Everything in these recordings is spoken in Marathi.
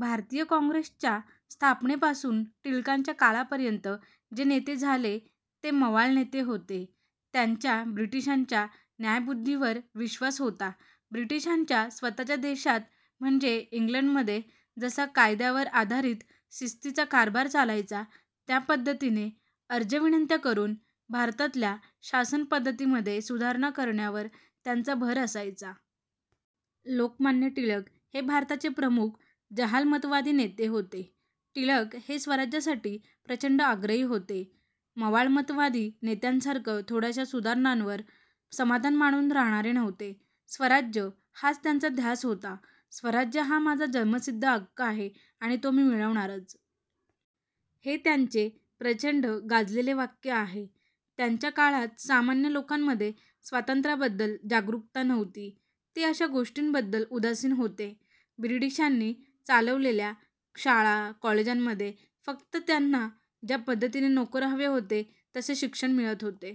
भारतीय काँग्रेसच्या स्थापनेपासुन टिळकांच्या काळापर्यंत जे नेते झाले ते मवाळ नेते होते. त्यांचा ब्रिटिशांच्या न्यायबुद्धीवर विश्वास होता. ब्रिटिशांच्या स्वतःच्या देशात म्हणजे इंग्लंडमध्ये जसा कायद्यावर आधारित शिस्तीचा कारभार चालायचा, त्याच पद्धतीने अर्जविनंत्या करून, भारतातल्या शासनपद्धतीमध्ये सुधारणा करण्यावर त्यांचा भर असायचा. लोकमान्य टिळक हे भारताचे प्रमुख जहालमतवादी नेते होते. टिळक हे स्वराज्यासाठी प्रचंड आग्रही होते. मवाळमतवादी नेत्यांसारखं थोड्याशा सुधारणांवर समाधान मानुन राहणारे नव्हते. स्वराज्य हाच त्यांचा ध्यास होता. स्वराज्य हा माझा जन्मसिद्ध हक्क आहे आणि तो मी मिळवणारच. हे त्यांचे प्रचंड गाजलेले वाक्य आहे. त्यांच्या काळात सामान्य लोकांमध्ये स्वातंत्र्याबद्दल जागरूकता नव्हती. ते अशा गोष्टींबद्दल उदासीन होते. ब्रिटिशांनी चालवलेल्या शाळा कॉलेजांमध्ये फक्त त्यांना ज्या पद्धतीचे नोकर हवे होते तसे शिक्षण मिळत होते.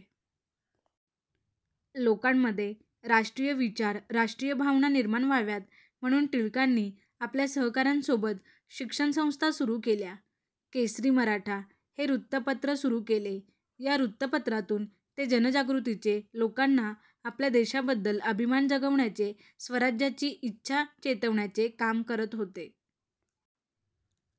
लोकांमध्ये राष्ट्रीय विचार राष्ट्रीय भावना निर्माण व्हाव्यात म्हणुन टिळकांनी आपल्या सहकाऱ्यांसोबत शिक्षण संस्था सुरु केल्या. केसरी मराठा हे वृत्तपत्र सुरु केले. ह्या वृत्तपत्रातुन ते जनजागृतीचे लोकांना आपल्या देशाबद्दल अभिमान जगवण्याचे स्वराज्याची इच्छा चेतवण्याचे काम करत होते.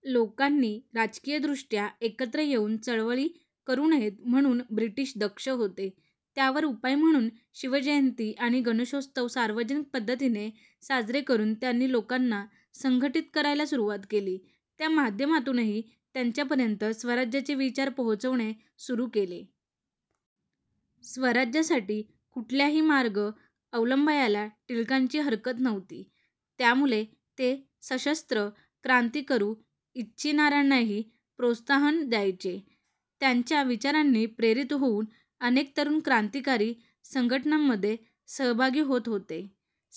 लोकांनी राजकीय दृष्ट्या एकत्र येऊन चळवळी करू नयेत म्हणुन ब्रिटिश दक्ष होते. त्यावर उपाय म्हणून शिवजयंती आणि गणेशोत्सव सार्वजनिक पद्धतीने साजरे करून त्यांनी लोकांना संघटित करायला सुरुवात केली. त्या माध्यमातूनही त्यांच्यापर्यंत स्वराज्याचे विचार पोहोचवणे सुरु केले. स्वराज्यासाठी कुठल्याही मार्ग अवलंबायला टिळकांची हरकत नव्हती. त्यामुळे ते सशस्त्र क्रांती करू इच्छिणाऱ्यांनाही प्रोत्साहन द्यायचे. त्यांच्या विचारांनी प्रेरित होऊन अनेक तरुण क्रांतिकारी संघटनांमध्ये सहभागी होत होते.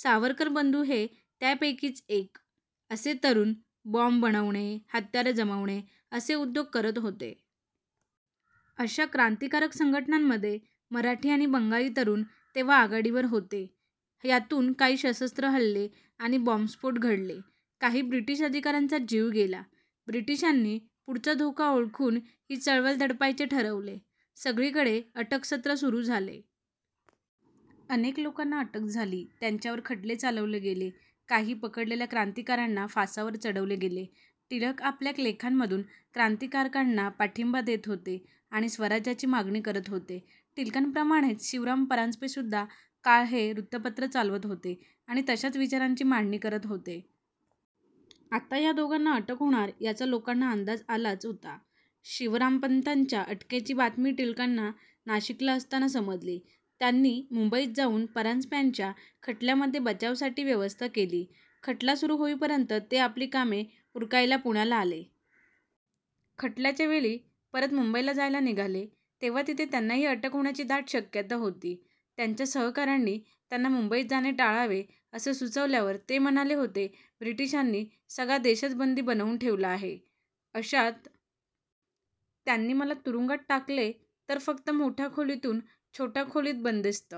सावरकर बंधु हे त्यापैकीच एक. असे तरुण बॉम्ब बनवणे, हत्यारे जमवणे असे उद्योग करत होते. अशा क्रांतिकारक संघटनांमध्ये मराठी आणि बंगाली तरुण तेव्हा आघाडीवर होते. ह्यातुन काही सशस्त्र हल्ले आणि बॉम्बस्फोट घडले. काही ब्रिटिश अधिकाऱ्यांचा जीव गेला. ब्रिटिशांनी पुढचा धोका ओळखुन हि चळवळ दडपायचे ठरवले. सगळीकडे अटकसत्र सुरु झाले. अनेक लोकांना अटक झाली, त्यांच्यावर खटले चालवले गेले, काही पकडलेल्या क्रांतीकारकांना फासावर चढवले गेले. टिळक आपल्या लेखांमधुन क्रांतीकारकांना पाठिंबा देत होते आणि स्वराज्याची मागणी करत होते. टिळकांप्रमाणेच शिवराम परांजपेसुद्धा काळ हे वृत्तपत्र चालवत होते आणि तशाच विचारांची मांडणी करत होते. आता ह्या दोघांना अटक होणार याचा लोकांना अंदाज आलाच होता. शिवरामपंतांच्या अटकेची बातमी टिळकांना नाशिकला असताना समजली. त्यांनी मुंबईत जाऊन परांजप्यांच्या खटल्यामध्ये बचावासाठी व्यवस्था केली. खटला सुरु होईपर्यंत ते आपली कामे उरकायला पुण्याला आले. खटल्याच्या वेळी परत मुंबईला जायला निघाले तेव्हा तिथे त्यांनाही अटक होण्याची दाट शक्यता होती. त्यांच्या सहकाऱ्यांनी त्यांना मुंबईत जाणे टाळावे असे सुचवल्यावर ते म्हणाले होते ब्रिटिशांनी सगळा देशच बंदी बनवुन ठेवला आहे. अशात त्यांनी मला तुरुंगात टाकले तर फक्त मोठ्या खोलीतुन छोट्या खोलीत बंदिस्त